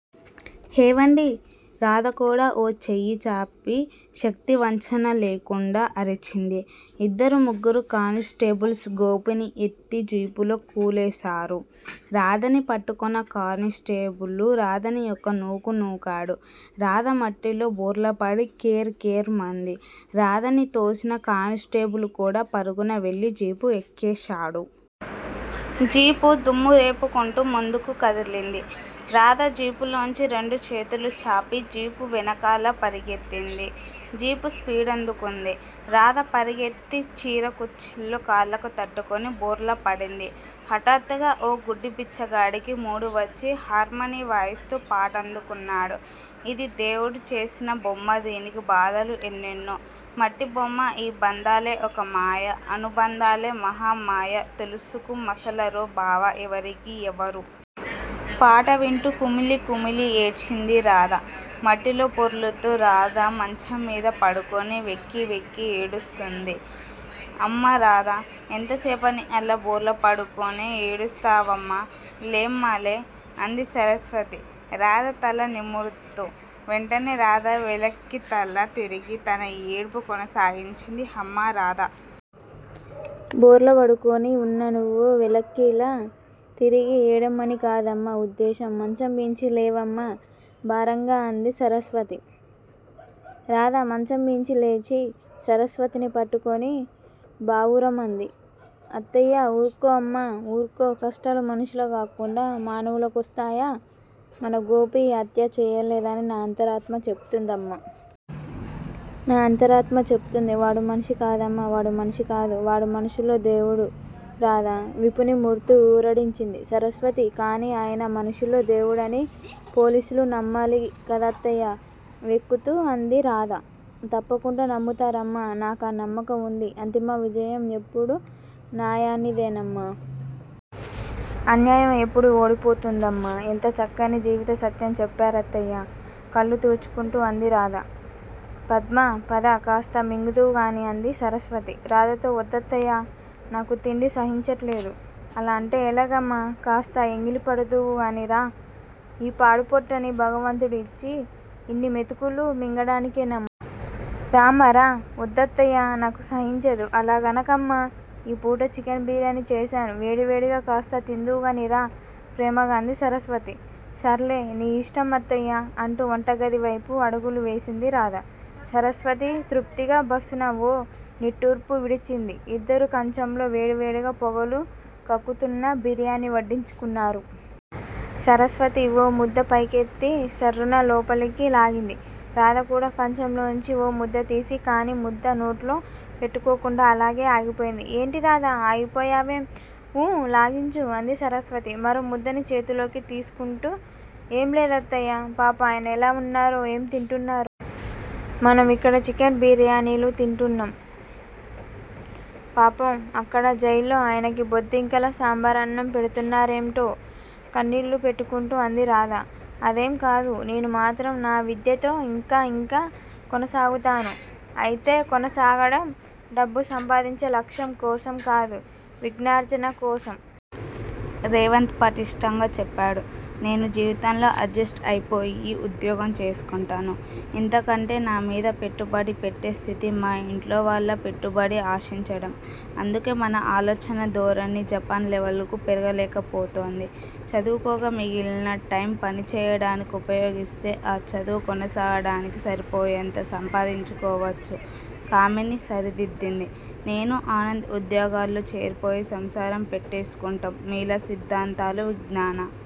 హేవండీ రాధకూడా ఓ చెయ్యిచాపి శక్తివంచన లేకుండా అరిచింది. ఇద్దరు ముగ్గురు కానిస్టేబుల్స్ గోపిని ఎత్తి జీపులో కూలేశారు. రాధని పట్టుకున్న కానిస్టేబులు రాధని ఒక్క నూకునూకాడు. రాధమట్టిలో బోర్లాపడి కేర్ కేర్ మంది. రాధని తోసిన కానిస్టేబుల్ కూడా పరుగున వెళ్ళి జీపు ఎక్కేశాడు. జీపు దుమ్మురేపుకుంటూ ముందుకు కదిలింది. రాధా జీపులోంచి రెండు చేతులూ చాపి జీపు వెనకాల పరిగెత్తింది. జీపు స్పీడందుకుంది. రాధ పరుగెత్తి చీరకుచ్చిళ్ళు కాళ్ళకు తట్టుకుని బోర్లా పడింది. హఠాత్తుగా ఓ గుడ్డి బిచ్చగాడికి మూడ్ వచ్చి హార్మానీ వాయిస్తూ పాటందుకున్నాడు. ఇది దేవుడు చేసిన బొమ్మా దీనికి బాధలు ఎన్నెన్నో మట్టిబొమ్మా ఈ బంధాలే ఒక మాయా అనుబంధాలే మహా మాయా తెలుసుకు మసలరో బావా ఎవరికీ ఎవరూ??? పాట వింటూ కుమిలి కుమిలి ఏడ్చింది రాధ మట్టిలో పొర్లుతూ. రాధ మంచంమీద పడుకుని వెక్కివెక్కి ఏడుస్తూంది. అమ్మా రాధా. ఎంతసేపని అలా బోర్లాపడుకుని ఏడుస్తావమ్మా, లేమ్మాలే. అంది సరస్వతి రాధ తల నిముర్తూ. వెంటనే రాధ వెల్లకితలా తిరిగి తన ఏడుపు కొనసాగించింది. హమ్మా రాధా! బోర్లాపడుకుని ఉన్న నువ్వు వెల్లకిలా తిరిగి ఏడవమని కాదమ్మా ఉద్దేశం. మంచంమీంచి లేవమ్మా. భారంగా అంది సరస్వతి. రాధ మంచంమీంచి లేచి సరస్వతిని పట్టుకుని బావురుమంది. హత్తయ్యా ఊర్కో అమ్మా. ఊర్కో. కష్టాలు మనుషులకు కాకుండా మానులకొస్తాయా. మన గోపి ఈ హత్య చెయ్యలేదని నా అంతరాత్మ చెప్తుందమ్మా. నా అంతరాత్మ చెప్తుంది. వాడు మనిషి కాడమ్మా! వాడు మనిషి కాదు. వాడు మనుషుల్లో దేవుడు రాధ వీపునిముర్తూ ఊరడించింది సరస్వతి. కానీ ఆయన మనుషుల్లో దేవుడని పోలీసులు నమ్మాలి కదత్తయ్యా? వెక్కుతూ అంది రాధ తప్పకుండా నమ్ముతారమ్మా. నాకా నమ్మకం వుంది. అంతిమవిజయం ఎప్పుడూ న్యాయానిదేనమ్మా. అన్యాయం ఎప్పుడూ ఓడిపోతుందమ్మా. ఎంత చక్కని జీవితసత్యం చెప్పారత్తయ్యా. కళ్ళు తుడుచుకుంటూ అంది రాధ. పదమ్మా పద కాస్త మింగుదువుగాని అంది సరస్వతి రాధతో. వద్దత్తయ్యా. నాకు తిండి సహించట్లేదు. అలా అంటే ఎలాగమ్మా. కాస్త ఎంగిలిపడుదువుగానీ రా. ఈ పాడుపొట్టని భగవంతుడు ఇచ్చింది ఇన్ని మెతుకులు మింగడానికే నమ్మా. రామ్మా రా. వద్దత్తయ్యా నాకు సహించదు! అలాగనకమ్మా. ఈపూట చికెన్ బిర్యానీ చేసాను. వేడివేడిగా కాస్త తిందువుగానీ రా ప్రేమగా అంది సరస్వతి. సర్లే. నీ ఇష్టం అత్తయ్యా. అంటూ వంటగదివైపు అడుగులు వేసింది రాధ. సరస్వతి తృప్తిగా బుస్సున ఓ నిట్టూర్పు విడిచింది. ఇద్దరూ కంచాల్లో వేడివేడిగా పొగలు కక్కుతున్న బిర్యానీవడ్డించుకున్నారు. సరస్వతి ఓముద్ద పైకెత్తి సర్రున లోపలికి లాగింది. రాధ కూడా కంచంలోంచి ఓ ముద్దతీసింది. కానీ ముద్ద నోట్లో పెట్టుకోకుండా అలాగే ఆగిపోయింది. ఏంటి రాధా. ఆగిపోయావేం? ఊ లాగించు అంది సరస్వతి మరో ముద్దని చేతిలోకి తీస్కుంటూ. ఏం లేదత్తయ్యా. పాపం ఆయనెలా ఉన్నారో ఏం తింటున్నారో? మనం ఇక్కడ చికెన్ బిర్యానీలు తింటున్నాం. పాపం! అక్కడ జైల్లో ఆయనకి బొద్దింకల సాంబారన్నం పెడ్తున్నారో ఏంటో! కళ్నీళ్ళు పెట్టుకుంటూ అంది రాధ. అదేంకాదు. నేను మాత్రం నా విద్యతో ఇంకా ఇంకా కొనసాగుతాను. అయితే ఈ కొనసాగడం డబ్బు సంపాదించే లక్ష్యం కోసం కాదు- విజ్ఞానార్జన కోసం! రేవంత్ పట్టిష్టంగా చెప్పాడు. నేను జీవితంలో అడ్జెస్ట్ అయిపోయి ఉద్యోగం చేసుకుంటాను. ఇంతకంటే నామీద పెట్టుబడి పెట్టే స్థితి మా ఇంట్లోవాళ్ళ పెట్టుబడి ఆశించడం! అందుకే మన ఆలోచనధోరణి జపాన్ లెవెల్ కు పెరగలేకపోతోంది. చదువుకోగా మిగిలిన టైమ్ పనిచేయడానికుపయోగిస్తే ఆ చదువు కొనసాగడానికి సరిపోయేంత సంపాదించుకోవచ్చు కామిని సరిదిద్దింది. నేనూ, ఆనంద్ ఉద్యోగాల్లో చేరిపోయి సంసారం పెట్టేసుకుంటాం. మీలా సిద్దాంతాలూ, విజ్ఞాన